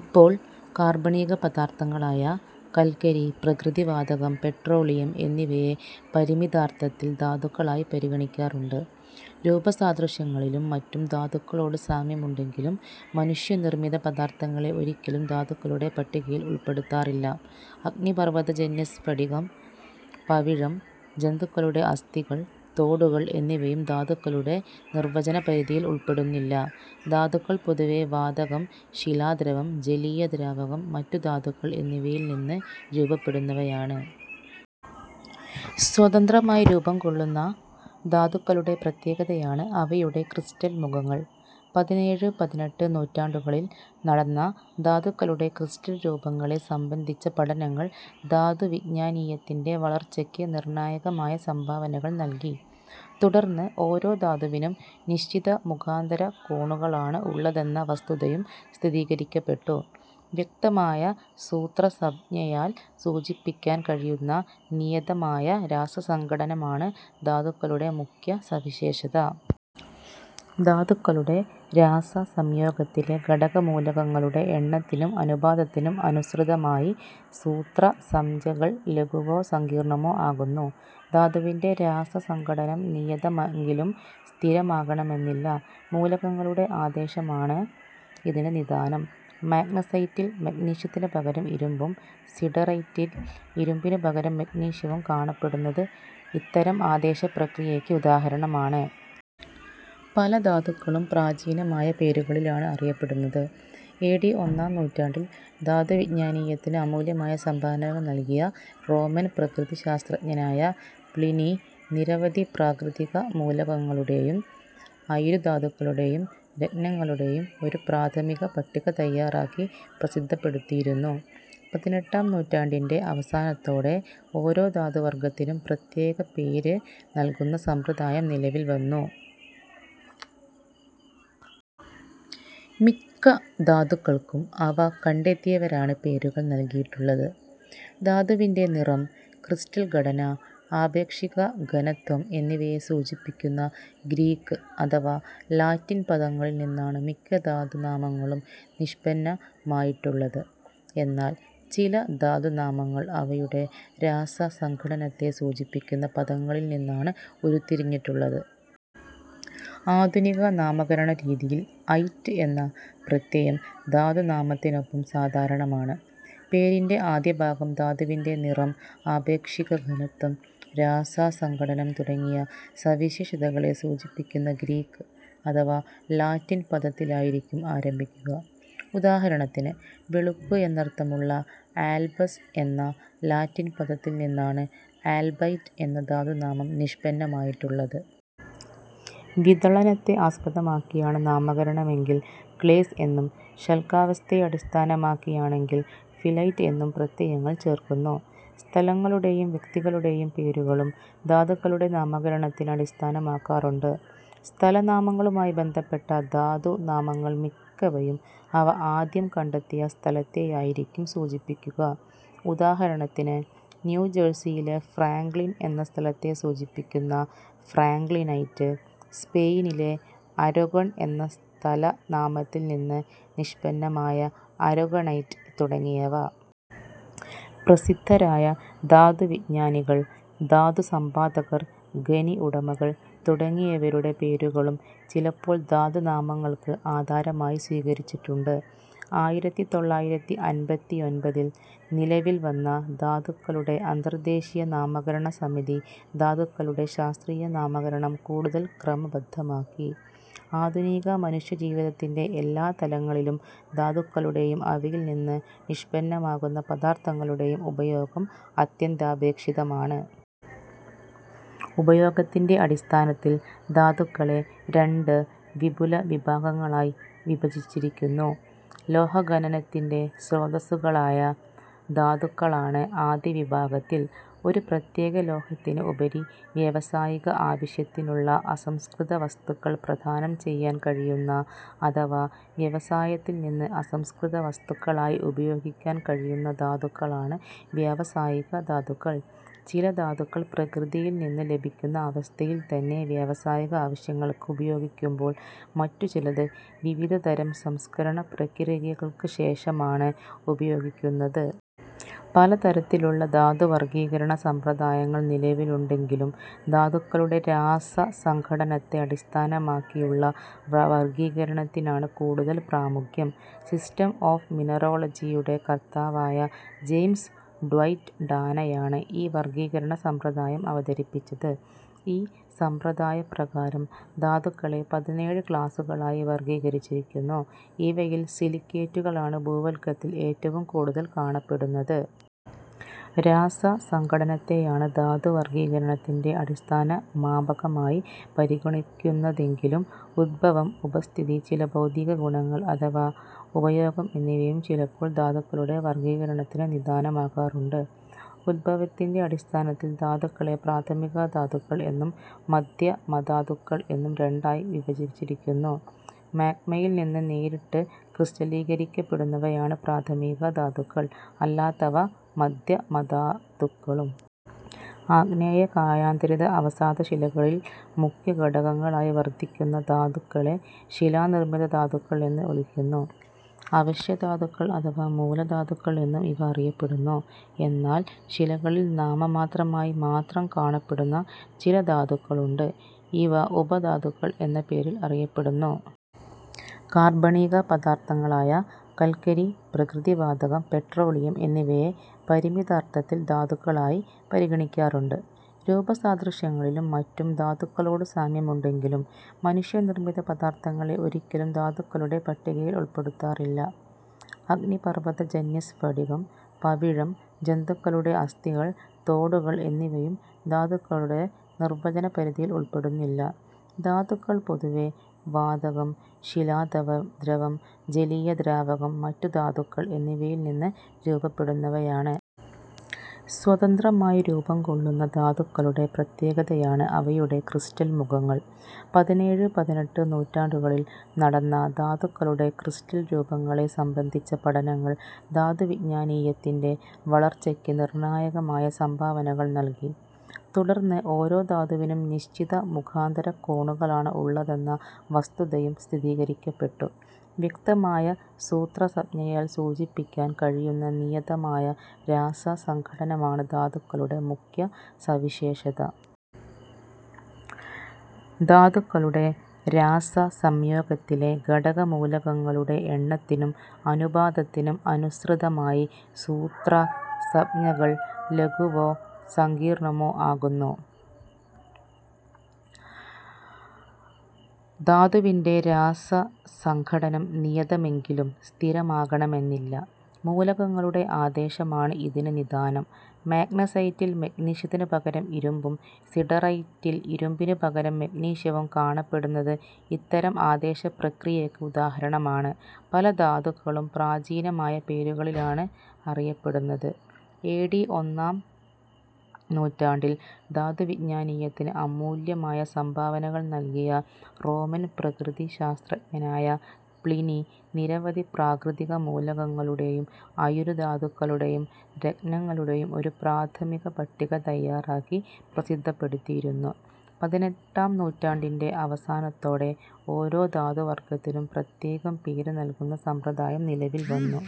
ഇപ്പോൾ കാർബണിക പദാർത്ഥങ്ങളായ കൽക്കരി, പ്രകൃതിവാതകം, പെട്രോളിയം എന്നിവയെ പരിമിതാർത്ഥത്തിൽ ധാതുക്കളായി പരിഗണിക്കാറുണ്ട്. രൂപസാദൃശ്യങ്ങളിലും മറ്റും ധാതുക്കളോട് സാമ്യമുണ്ടെങ്കിലും മനുഷ്യ നിർമ്മിത പദാർത്ഥങ്ങളെ ഒരിക്കലും ധാതുക്കളുടെ പട്ടികയിൽ ഉൾപ്പെടുത്താറില്ല. അഗ്നിപർവ്വതജന്യ സ്ഫടികം, പവിഴം, ജന്തുക്കളുടെ അസ്ഥികൾ, തോടുകൾ എന്നിവയും ധാതുക്കളുടെ നിർവചന പരിധിയിൽ ഉൾപ്പെടുന്നില്ല. ധാതുക്കൾ പൊതുവേ വാതകം, ശിലാദ്രവം, ജലീയ ദ്രാവകം, മറ്റു ധാതുക്കൾ എന്നിവയിൽ നിന്ന് രൂപപ്പെടുന്നവയാണ്. സ്വതന്ത്രമായി രൂപംകൊള്ളുന്ന ധാതുക്കളുടെ പ്രത്യേകതയാണ് അവയുടെ ക്രിസ്റ്റൽ മുഖങ്ങൾ. പതിനേഴ്, പതിനെട്ട് നൂറ്റാണ്ടുകളിൽ നടന്ന ധാതുക്കളുടെ ക്രിസ്റ്റൽ രൂപങ്ങളെ സംബന്ധിച്ച പഠനങ്ങൾ ധാതുവിജ്ഞാനീയത്തിൻ്റെ വളർച്ചയ്ക്ക് നിർണായകമായ സംഭാവനകൾ നൽകി. തുടർന്ന് ഓരോ ധാതുവിനും നിശ്ചിത മുഖാന്തര കോണുകളാണ് ഉള്ളതെന്ന വസ്തുതയും സ്ഥിരീകരിക്കപ്പെട്ടു. വ്യക്തമായ സൂത്രസംജ്ഞയാൽ സൂചിപ്പിക്കാൻ കഴിയുന്ന നിയതമായ രാസസംഘടനമാണ് ധാതുക്കളുടെ മുഖ്യ സവിശേഷത. ധാതുക്കളുടെ രാസ സംയോഗത്തിലെ ഘടക മൂലകങ്ങളുടെ എണ്ണത്തിനും അനുപാതത്തിനും അനുസൃതമായി സൂത്രസംജ്ഞകൾ ലഘുവോ സങ്കീർണ്ണമോ ആകുന്നു. ധാതുവിൻ്റെ രാസസംഘടനം നിയതമെങ്കിലും സ്ഥിരമാകണമെന്നില്ല. മൂലകങ്ങളുടെ ആദേശമാണ് ഇതിന് നിദാനം. മാഗ്നസൈറ്റിൽ മഗ്നീഷ്യത്തിന് പകരം ഇരുമ്പും, സിഡെറൈറ്റിൽ ഇരുമ്പിന് പകരം മഗ്നീഷ്യവും കാണപ്പെടുന്നത് ഇത്തരം ആദേശ പ്രക്രിയയ്ക്ക് ഉദാഹരണമാണ്. പല ധാതുക്കളും പ്രാചീനമായ പേരുകളിലാണ് അറിയപ്പെടുന്നത്. എ. ഡി. ഒന്നാം നൂറ്റാണ്ടിൽ ധാതുവിജ്ഞാനീയത്തിന് അമൂല്യമായ സംഭാവനകൾ നൽകിയ റോമൻ പ്രകൃതി ശാസ്ത്രജ്ഞനായ പ്ലിനി നിരവധി പ്രാകൃതിക മൂലകങ്ങളുടെയും അയിരു ധാതുക്കളുടെയും രത്നങ്ങളുടെയും ഒരു പ്രാഥമിക പട്ടിക തയ്യാറാക്കി പ്രസിദ്ധപ്പെടുത്തിയിരുന്നു. പതിനെട്ടാം നൂറ്റാണ്ടിൻ്റെ അവസാനത്തോടെ ഓരോ ധാതുവർഗ്ഗത്തിനും പ്രത്യേകം പേര് നൽകുന്ന സമ്പ്രദായം നിലവിൽവന്നു. മിക്ക ധാതുക്കൾക്കും അവ കണ്ടെത്തിയവരാണ് പേരുകൾ നൽകിയിട്ടുള്ളത്. ധാതുവിൻ്റെ നിറം, ക്രിസ്റ്റൽ ഘടന, ആപേക്ഷിക ഘനത്വം എന്നിവയെ സൂചിപ്പിക്കുന്ന ഗ്രീക്ക് അഥവാ ലാറ്റിൻ പദങ്ങളിൽ നിന്നാണ് മിക്ക ധാതു നാമങ്ങളും നിഷ്പന്നമായിട്ടുള്ളത്. എന്നാൽ ചില ധാതു നാമങ്ങൾ അവയുടെ രാസസംഘടനത്തെ സൂചിപ്പിക്കുന്ന പദങ്ങളിൽ നിന്നാണ് ഉരുത്തിരിഞ്ഞിട്ടുള്ളത്. ആധുനിക നാമകരണ രീതിയിൽ 'ഐറ്റ്' എന്ന പ്രത്യയം ധാതു നാമത്തിനൊപ്പം സാധാരണമാണ്. പേരിൻ്റെ ആദ്യഭാഗം ധാതുവിൻ്റെ നിറം, ആപേക്ഷിക ഘനത്വം, രാസസംഘടനം തുടങ്ങിയ സവിശേഷതകളെ സൂചിപ്പിക്കുന്ന ഗ്രീക്ക് അഥവാ ലാറ്റിൻ പദത്തിലായിരിക്കും ആരംഭിക്കുക. ഉദാഹരണത്തിന്, വെളുപ്പ് എന്നർത്ഥമുള്ള 'ആൽബസ്' എന്ന ലാറ്റിൻ പദത്തിൽ നിന്നാണ് 'അൽബൈറ്റ്' എന്ന ധാതു നാമം നിഷ്പന്നമായിട്ടുള്ളത്. വിദളനത്തെ ആസ്പദമാക്കിയാണ് നാമകരണമെങ്കിൽ 'ക്ലേസ്' എന്നും, ശല്കാവസ്ഥയെ അടിസ്ഥാനമാക്കിയാണെങ്കിൽ 'ഫിലൈറ്റ്' എന്നും പ്രത്യയങ്ങൾ ചേർക്കുന്നു. സ്ഥലങ്ങളുടെയും വ്യക്തികളുടെയും പേരുകളും ധാതുക്കളുടെ നാമകരണത്തിന് അടിസ്ഥാനമാക്കാറുണ്ട്. സ്ഥല നാമങ്ങളുമായി ബന്ധപ്പെട്ട ധാതു നാമങ്ങൾ മിക്കവയും അവ ആദ്യം കണ്ടെത്തിയ സ്ഥലത്തെയായിരിക്കും സൂചിപ്പിക്കുക. ഉദാഹരണത്തിന്, ന്യൂജേഴ്സിയിലെ ഫ്രാങ്ക്‌ളിൻ എന്ന സ്ഥലത്തെ സൂചിപ്പിക്കുന്ന ഫ്രാങ്ക്‌ളിനൈറ്റ്, സ്പെയിനിലെ അരഗൊൺ എന്ന സ്ഥല നാമത്തിൽ നിന്ന് നിഷ്പന്നമായ അരഗൊണൈറ്റ് തുടങ്ങിയവ. പ്രസിദ്ധരായ ധാതുവിജ്ഞാനികൾ, ധാതു സമ്പാദകർ, ഖനി ഉടമകൾ തുടങ്ങിയവരുടെ പേരുകളും ചിലപ്പോൾ ധാതു നാമങ്ങൾക്ക് ആധാരമായി സ്വീകരിച്ചിട്ടുണ്ട്. ആയിരത്തി തൊള്ളായിരത്തി അമ്പത്തൊൻപതിൽ നിലവിൽ വന്ന ധാതുക്കളുടെ അന്തർദേശീയ നാമകരണ സമിതി ധാതുക്കളുടെ ശാസ്ത്രീയ നാമകരണം കൂടുതൽ ക്രമബദ്ധമാക്കി. ആധുനിക മനുഷ്യജീവിതത്തിൻ്റെ എല്ലാ തലങ്ങളിലും ധാതുക്കളുടെയും അവയിൽ നിന്ന് നിഷ്പന്നമാകുന്ന പദാർത്ഥങ്ങളുടെയും ഉപയോഗം അത്യന്താപേക്ഷിതമാണ്. ഉപയോഗത്തിൻ്റെ അടിസ്ഥാനത്തിൽ ധാതുക്കളെ രണ്ട് വിപുല വിഭാഗങ്ങളായി വിഭജിച്ചിരിക്കുന്നു. ലോഹഖനനത്തിൻ്റെ സ്രോതസ്സുകളായ ധാതുക്കളാണ് ആദ്യ വിഭാഗത്തിൽ. ഒരു പ്രത്യേക ലോഹത്തിന് ഉപരി വ്യാവസായിക ആവശ്യത്തിനുള്ള അസംസ്കൃത വസ്തുക്കൾ പ്രദാനം ചെയ്യാൻ കഴിയുന്ന, അഥവാ വ്യവസായത്തിൽ അസംസ്കൃത വസ്തുക്കളായി ഉപയോഗിക്കാൻ കഴിയുന്ന ധാതുക്കളാണ് വ്യാവസായിക ധാതുക്കൾ. ചില ധാതുക്കൾ പ്രകൃതിയിൽ നിന്ന് ലഭിക്കുന്ന അവസ്ഥയിൽത്തന്നെ വ്യാവസായിക ആവശ്യങ്ങൾക്ക് ഉപയോഗിക്കുമ്പോൾ, മറ്റു ചിലത് വിവിധതരം സംസ്കരണ പ്രക്രിയകൾക്ക് ശേഷമാണ് ഉപയോഗിക്കുന്നത്. പല തരത്തിലുള്ള ധാതു വർഗ്ഗീകരണ സമ്പ്രദായങ്ങൾ നിലവിലുണ്ടെങ്കിലും ധാതുക്കളുടെ രാസ സംഘടനത്തെ അടിസ്ഥാനമാക്കിയുള്ള വർഗ്ഗീകരണത്തിനാണ് കൂടുതൽ പ്രാമുഖ്യം. സിസ്റ്റം ഓഫ് മിനറോളജിയുടെ കർത്താവായ ജെയിംസ് ഡ്വൈറ്റ് ഡാനയാണ് ഈ വർഗ്ഗീകരണ സമ്പ്രദായം അവതരിപ്പിച്ചത്. ഈ സമ്പ്രദായപ്രകാരം ധാതുക്കളെ പതിനേഴ് ക്ലാസുകളായി വർഗ്ഗീകരിച്ചിരിക്കുന്നു. ഇവയിൽ സിലിക്കേറ്റുകളാണ് ഭൂവൽക്കത്തിൽ ഏറ്റവും കൂടുതൽ കാണപ്പെടുന്നത്. രാസസംഘടനത്തെയാണ് ധാതു വർഗ്ഗീകരണത്തിൻ്റെ അടിസ്ഥാന മാപകമായി പരിഗണിക്കുന്നതെങ്കിലും ഉദ്ഭവം, ഉപസ്ഥിതി, ചില ഭൗതിക ഗുണങ്ങൾ അഥവാ ഉപയോഗം എന്നിവയും ചിലപ്പോൾ ധാതുക്കളുടെ വർഗ്ഗീകരണത്തിന് നിദാനമാകാറുണ്ട്. ഉദ്ഭവത്തിൻ്റെ അടിസ്ഥാനത്തിൽ ധാതുക്കളെ പ്രാഥമിക ധാതുക്കൾ എന്നും മധ്യ മധാതുക്കൾ എന്നും രണ്ടായി വിഭജിച്ചിരിക്കുന്നു. മാഗ്മയിൽ നിന്ന് നേരിട്ട് ക്രിസ്റ്റലീകരിക്കപ്പെടുന്നവയാണ് പ്രാഥമിക ധാതുക്കൾ, അല്ലാത്തവ മധ്യ മധാതുക്കളും. ആഗ്നേയ, കായാന്തരിത, അവസാദ ശിലകളിൽ മുഖ്യ ഘടകങ്ങളായി വർത്തിക്കുന്ന ധാതുക്കളെ ശിലാനിർമ്മിത ധാതുക്കൾ എന്ന് വിളിക്കുന്നു. അവശ്യ ധാതുക്കൾ അഥവാ മൂല ധാതുക്കൾ എന്നും ഇവ അറിയപ്പെടുന്നു. എന്നാൽ ശിലകളിൽ നാമമാത്രമായി മാത്രം കാണപ്പെടുന്ന ചില ധാതുക്കളുണ്ട്. ഇവ ഉപ ധാതുക്കൾ എന്ന പേരിൽ അറിയപ്പെടുന്നു. കാർബണിക പദാർത്ഥങ്ങളായ കൽക്കരി, പ്രകൃതിവാതകം, പെട്രോളിയം എന്നിവയെ പരിമിതാർത്ഥത്തിൽ ധാതുക്കളായി പരിഗണിക്കാറുണ്ട്. രൂപസാദൃശ്യങ്ങളിലും മറ്റും ധാതുക്കളോട് സാമ്യമുണ്ടെങ്കിലും മനുഷ്യ നിർമ്മിത പദാർത്ഥങ്ങളെ ഒരിക്കലും ധാതുക്കളുടെ പട്ടികയിൽ ഉൾപ്പെടുത്താറില്ല. അഗ്നിപർവ്വതജന്യ സ്ഫടികം, പവിഴം, ജന്തുക്കളുടെ അസ്ഥികൾ, തോടുകൾ എന്നിവയും ധാതുക്കളുടെ നിർവചന പരിധിയിൽ ഉൾപ്പെടുന്നില്ല. ധാതുക്കൾ പൊതുവേ വാതകം, ശിലാദ്രവം, ജലീയ ദ്രാവകം, മറ്റു ധാതുക്കൾ എന്നിവയിൽ നിന്ന് രൂപപ്പെടുന്നവയാണ്. സ്വതന്ത്രമായി രൂപംകൊള്ളുന്ന ധാതുക്കളുടെ പ്രത്യേകതയാണ് അവയുടെ ക്രിസ്റ്റൽ മുഖങ്ങൾ. പതിനേഴ്, പതിനെട്ട് നൂറ്റാണ്ടുകളിൽ നടന്ന ധാതുക്കളുടെ ക്രിസ്റ്റൽ രൂപങ്ങളെ സംബന്ധിച്ച പഠനങ്ങൾ ധാതുവിജ്ഞാനീയത്തിൻ്റെ വളർച്ചയ്ക്ക് നിർണായകമായ സംഭാവനകൾ നൽകി. തുടർന്ന് ഓരോ ധാതുവിനും നിശ്ചിത മുഖാന്തര കോണുകളാണ് ഉള്ളതെന്ന വസ്തുതയും സ്ഥിരീകരിക്കപ്പെട്ടു. വ്യക്തമായ സൂത്രസംജ്ഞയാൽ സൂചിപ്പിക്കാൻ കഴിയുന്ന നിയതമായ രാസസംഘടനമാണ് ധാതുക്കളുടെ മുഖ്യ സവിശേഷത. ധാതുക്കളുടെ രാസ സംയോഗത്തിലെ ഘടക മൂലകങ്ങളുടെ എണ്ണത്തിനും അനുപാതത്തിനും അനുസൃതമായി സൂത്രസംജ്ഞകൾ ലഘുവോ സങ്കീർണ്ണമോ ആകുന്നു. ധാതുവിൻ്റെ രാസസംഘടനം നിയതമെങ്കിലും സ്ഥിരമാകണമെന്നില്ല. മൂലകങ്ങളുടെ ആദേശമാണ് ഇതിന് നിദാനം. മാഗ്നസൈറ്റിൽ മഗ്നീഷ്യത്തിന് പകരം ഇരുമ്പും, സിഡെറൈറ്റിൽ ഇരുമ്പിന് പകരം മഗ്നീഷ്യവും കാണപ്പെടുന്നത് ഇത്തരം ആദേശ പ്രക്രിയയ്ക്ക് ഉദാഹരണമാണ്. പല ധാതുക്കളും പ്രാചീനമായ പേരുകളിലാണ് അറിയപ്പെടുന്നത്. എ. ഡി. ഒന്നാം നൂറ്റാണ്ടിൽ ധാതുവിജ്ഞാനീയത്തിന് അമൂല്യമായ സംഭാവനകൾ നൽകിയ റോമൻ പ്രകൃതി ശാസ്ത്രജ്ഞനായ പ്ലിനി നിരവധി പ്രാകൃതിക മൂലകങ്ങളുടെയും അയിരു ധാതുക്കളുടെയും രത്നങ്ങളുടെയും ഒരു പ്രാഥമിക പട്ടിക തയ്യാറാക്കി പ്രസിദ്ധപ്പെടുത്തിയിരുന്നു. പതിനെട്ടാം നൂറ്റാണ്ടിൻ്റെ അവസാനത്തോടെ ഓരോ ധാതുവർഗ്ഗത്തിനും പ്രത്യേകം പേര് നൽകുന്ന സമ്പ്രദായം നിലവിൽവന്നു.